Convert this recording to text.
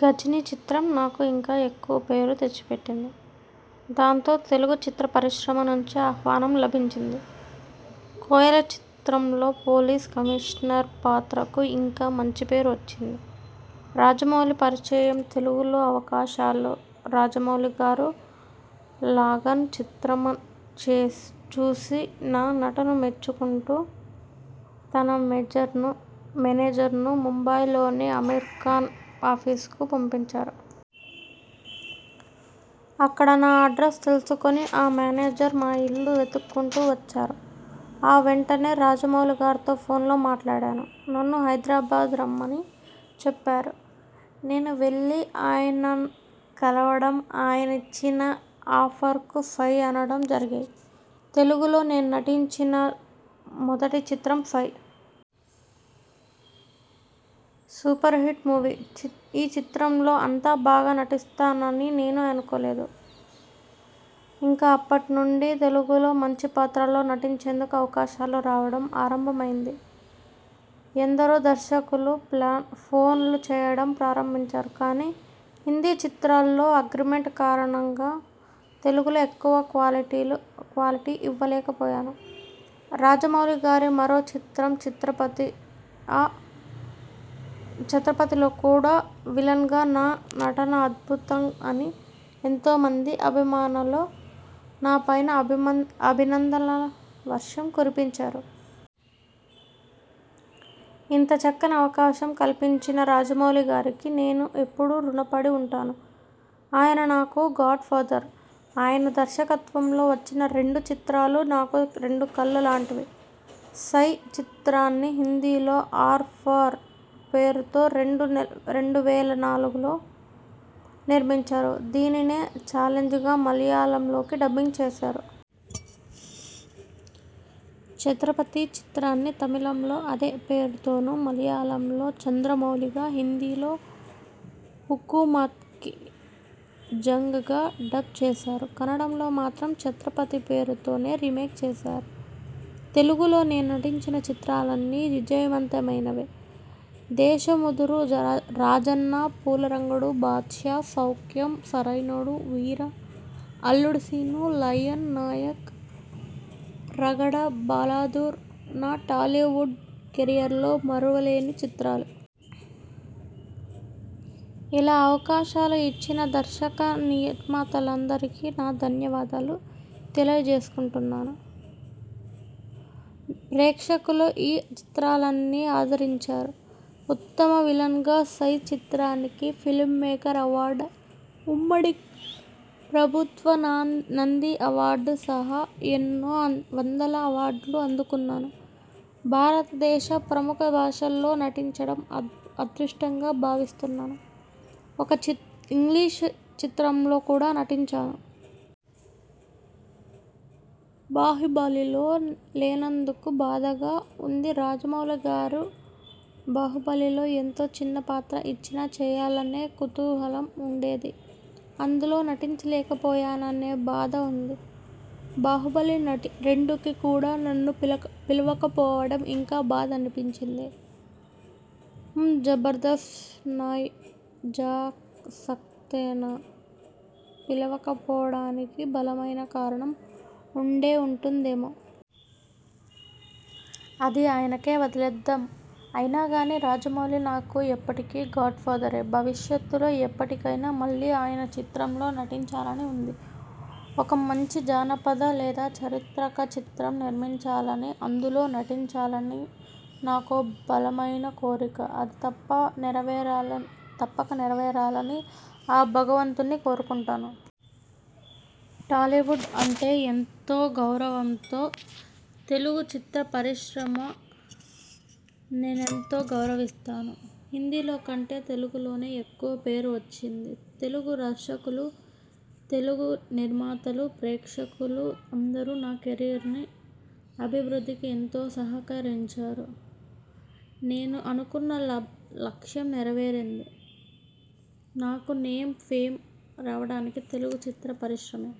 గజని చిత్రం నాకు ఇంకా ఎక్కువ పేరు తెచ్చిపెట్టింది. దాంతో తెలుగు చిత్ర పరిశ్రమ నుంచి ఆహ్వానం లభించింది. కోయల చిత్రంలో పోలీస్ కమీషనర్ పాత్రకు ఇంకా మంచిపేరు వచ్చింది. రాజమౌళి పరిచయం తెలుగులో అవకాశాలురాజమౌళిగారు లగాన్ చిత్రం చూసి నా నటన మెచ్చుకుంటూ తన మేనేజర్ను ముంబయిలోని అమీర్ఖాన్ ఆఫీసుకు పంపించారు. అక్కడ నా అడ్రస్ తెలుసుకుని ఆ మేనేజర్ మా ఇల్లు వెతుక్కుంటూ వచ్చారు. ఆ వెంటనే రాజమౌళిగారితో ఫోన్లో మాట్లాడాను. నన్ను హైదరాబాద్ రమ్మని చెప్పారు. నేను వెళ్లి ఆయన కలవడం, ఆయిన ఇచ్చిన ఆఫర్కు 'సై' అనడం జరిగాయి. తెలుగులో నేను నటించిన మొదటి చిత్రం 'సై'. Superhit movie. ఈ చిత్రంలో అంత బాగా నటిస్తానని నేనే అనుకోలేదు. ఇక అప్పటినుండి తెలుగులో మంచిపాత్రల్లో నటించేందుకు అవకాశాలు రావడం ఆరంభమైంది. ఎందరో దర్శకులు ఫోన్లు చేయడం ప్రారంభించారు. కానీ హిందీ చిత్రాల్లో అగ్రిమెంట్ల కారణంగా తెలుగులో ఎక్కువ కాల్షీట్లు ఇవ్వలేకపోయాను. రాజమౌళిగారి మరో చిత్రం 'ఛత్రపతి'లో కూడా విలన్గా నా నటన అద్భుతం అని ఎంతోమంది అభిమానులు నాపైన అభినందనల వర్షం కురిపించారు. ఇంత చక్కని అవకాశం కల్పించిన రాజమౌళిగారికి నేను ఎప్పుడూ రుణపడి ఉంటాను. ఆయన నాకు గాడ్ఫాదర్. ఆయన దర్శకత్వంలో వచ్చిన రెండు చిత్రాలూ నాకు రెండు కళ్ళులాంటివి. సై చిత్రాన్ని హిందీలో 'ఆర్–పార్' పేరుతోరెండు వేల నాలుగు లో నిర్మించారు. దీనినే 'ఛాలెంజ్' గా మలయాళంలోకి డబ్బింగ్ చేశారు. ఛత్రపతి చిత్రాన్ని తమిళంలో అదే పేరుతోనూ, మలయాళంలో 'చంద్రమౌళి'గా హిందీలో హుకూమత్కి జంగ్ గా డబ్ చేశారు. కన్నడంలో మాత్రం 'ఛత్రపతి' పేరుతోనే రీమేక్ చేశారు. తెలుగులో నేను నటించిన చిత్రాలన్నీ విజయవంతమైనవే. దేశముదురు, రాజన్న, పూలరంగడు, బాద్షా, సౌఖ్యం, సరైనోడు, వీర, అల్లుడుశీను, లయన్, నాయక్, రగడ, బలదూర్ నా టాలీవుడ్ కెరీర్లో మరువలేని చిత్రాలు. ఇలా అవకాశాలు ఇచ్చిన దర్శకనిర్మాతలందరికీ నా ధన్యవాదాలు తెలియజేసుకుంటున్నాను. ప్రేక్షకులు ఈ చిత్రాలన్నీ ఆదరించారు. ఉత్తమ విలన్గా 'సై' చిత్రానికి ఫిలిమ్ఫేర్ అవార్డు, ఉమ్మడి ప్రభుత్వ నంది అవార్డు సహా ఎన్నో వందల అవార్డులు అందుకున్నాను. భారతదేశ ప్రముఖ భాషల్లో నటించడం అదృష్టంగా భావిస్తున్నాను. ఒక ఇంగ్లీషు చిత్రంలో కూడా నటించాను. బాహుబలిలోలేనందుకు బాధగా ఉందిరాజమౌళిగారి బాహుబలి లో ఎంత చిన్న పాత్ర ఇచ్చినా చేయాలనే కుతూహలం ఉండేది. అందులో నటించలేకపోయాననే బాధ ఉంది. బాహుబలి రెండు కి కూడా నన్ను పిలవకపోవడం ఇంకా బాధ అనిపించింది. హమ్ జబర్దస్తీ నయ్ జా సక్తేనా. పిలవకపోవడానికి బలమైన కారణం ఉండే ఉంటుందేమో! అది ఆయనకే వదిలేద్దాం. అయినా గానీ రాజమౌళి నాకు ఎప్పటికీ గాడ్ ఫాదరే. భవిష్యత్తులో ఎప్పటికైనా మళ్ళీ ఆయన చిత్రంలో నటించాలని ఉంది. ఒక మంచి జానపద లేదా చారిత్రక చిత్రం నిర్మించాలనీ, అందులో నటించాలనీ నాకో బలమైన కోరిక. అది తప్పక నెరవేరాలని ఆ భగవంతుణ్ణి కోరుకుంటున్నాను. టాలీవుడ్ అంటే ఎంతో గౌరవంతెలుగు చిత్ర పరిశ్రమను నేనెంతో గౌరవిస్తాను. హిందీలో కంటే తెలుగులోనే నాకు ఎక్కువ పేరు వచ్చింది. తెలుగు దర్శకులు, తెలుగు నిర్మాతలు, ప్రేక్షకులు అందరూ నా కెరీర్ అభివృద్ధికి ఎంతో సహకరించారు. నేను అనుకున్న లక్ష్యం నెరవేరింది. నాకు నేమ్ అండ్ ఫేమ్ రావడానికి తెలుగు చిత్ర పరిశ్రమే